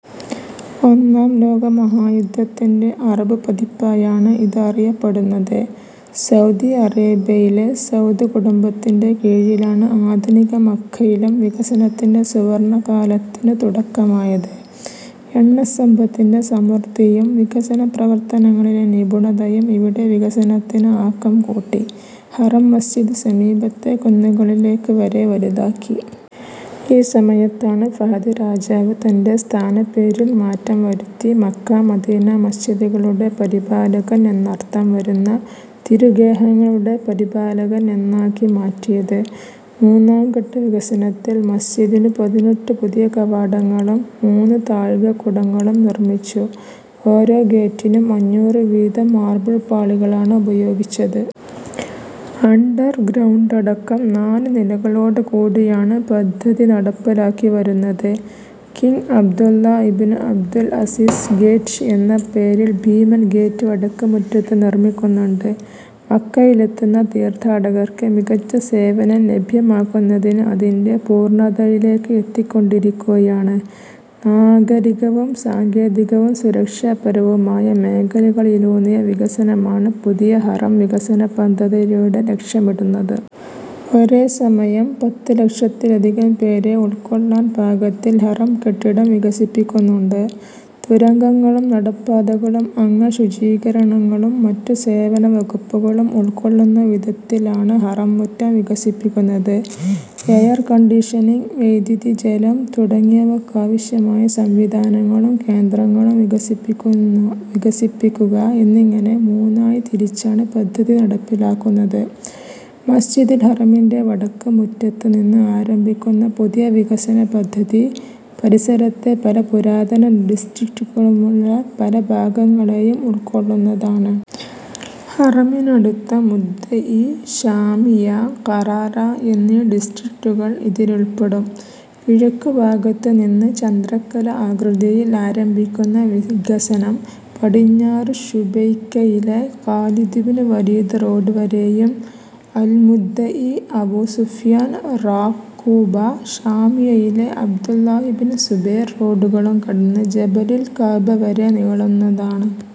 ഒന്നാം ലോക മഹാ യുദ്ധത്തിന്റെ അറബ് പതിപ്പായാണ് ഇത് അറിയപ്പെടുന്നത്. സൗദി അറേബ്യയിലെ സൗദ് കുടുംബത്തിന്റെ കീഴിലാണ് ആധുനിക മക്കയിലും വികസനത്തിന്റെ സുവർണ കാലത്തിനു തുടക്കമായത്. എണ്ണ സമ്പത്തിന്റെ സമൃദ്ധിയും വികസന പ്രവർത്തനങ്ങളിലെ നിപുണതയും ഇവിടെ വികസനത്തിന് ആക്കം കൂട്ടി. ഹറം മസ്ജിദ് സമീപത്തെ കുന്നുകളിലേക്ക് വരെ വലുതാക്കി. ഈ സമയത്താണ് ഫഹദ് രാജാവ് തന്റെ സ്ഥാനപ്പേരിൽ മാറ്റം വരുത്തി മക്ക-മദീന മസ്ജിദുകളുടെ പരിപാലകൻ എന്നർത്ഥം വരുന്ന തിരു ഗേഹങ്ങളുടെ പരിപാലകൻ എന്നാക്കി മാറ്റിയത്. മൂന്നാം ഘട്ട വികസനത്തിൽ മസ്ജിദിനു പതിനെട്ടു പുതിയ കവാടങ്ങളും മൂന്നു താഴികക്കുടങ്ങളും നിർമ്മിച്ചു. ഓരോ ഗേറ്റിനും അഞ്ഞൂറ് വീതം മാർബിൾ പാളികളാണ് ഉപയോഗിച്ചത്. അണ്ടർ ഗ്രൗണ്ടടക്കം നാല് നിലകളോട് കൂടിയാണ് പദ്ധതി നടപ്പിലാക്കി വരുന്നത്. King Abdullah ibnu Abdul Aziz gate എന്ന പേരിൽ ഭീമൻ ഗേറ്റ് വടക്ക് മുറ്റത്ത് നിർമ്മിക്കുന്നുണ്ട്. മക്കയിലെത്തുന്ന തീർത്ഥാടകർക്ക് മികച്ച സേവനം ലഭ്യമാക്കുന്നതിന് അതിന്റെ പൂർണതയിലേക്ക് എത്തിക്കൊണ്ടിരിക്കുകയാണ്. നാഗരികവും സങ്കേതികവും സുരക്ഷാപരവുമായ മേഖലകളിലൂന്നിയ വികസനമാണ് പുതിയ ഹറം വികസന പദ്ധതിയിലൂടെ ലക്ഷ്യമിടുന്നത്. ഒരേ സമയം പത്ത് ലക്ഷത്തിലധികം പേരെ ഉൾക്കൊള്ളാൻ പാകത്തിൽ ഹറം കെട്ടിടം വികസിപ്പിക്കുന്നുണ്ട്. തുരങ്കങ്ങളും നടപ്പാതകളും അംഗശുചീകരണങ്ങളും മറ്റു സേവന വകുപ്പുകളും ഉൾകൊള്ളുന്നവിധത്തിൽ ആണ് ഹറം മുറ്റം വികസിപ്പിക്കുന്നത്. എയർകണ്ടീഷനിങ്, വൈദ്യുതി, ജലം തുടങ്ങിയവക്കാവശ്യമായ സംവിധാനങ്ങളും കേന്ദ്രങ്ങളും വികസിപ്പിക്കുക എന്നിങ്ങനെ മൂന്നായി തിരിച്ചാണ് പദ്ധതി നടപ്പിലാക്കുന്നത്. മസ്ജിദുൽ ഹറമിന്റെ വടക്ക് മുറ്റത്ത് നിന്ന് ആരംഭിക്കുന്ന പുതിയ വികസന പദ്ധതി പരിസരത്തെ പല പുരാതന ഡിസ്ട്രിക്റ്റുകളിലെ പല ഭാഗങ്ങളെയും ഉൾക്കൊള്ളുന്നതാണ്. ഹറമിനടുത്ത മുദ്ദഇ, ശാമിയ, ഖറാറ എന്നീ ഡിസ്ട്രിക്റ്റുകൾ ഇതിലുൾപ്പെടും. കിഴക്ക് ഭാഗത്ത് നിന്ന് ചന്ദ്രക്കല ആകൃതിയിൽ ആരംഭിക്കുന്ന വികസനം പടിഞ്ഞാറ് ശുബൈയ്ക്കയിലെ ഖാലിദ് ബ്നു വലീദ് റോഡ് വരെയും അൽമുദ്ദഇ, അബൂസുഫ്യാൻ, റാഖൂബ, ശാമിയയിലെ അബ്ദുല്ലാഹിബ്നു സുബൈർ റോഡുകളും കടന്ന് ജബലുൽ കഅബ വരെ നീളുന്നതാണ്.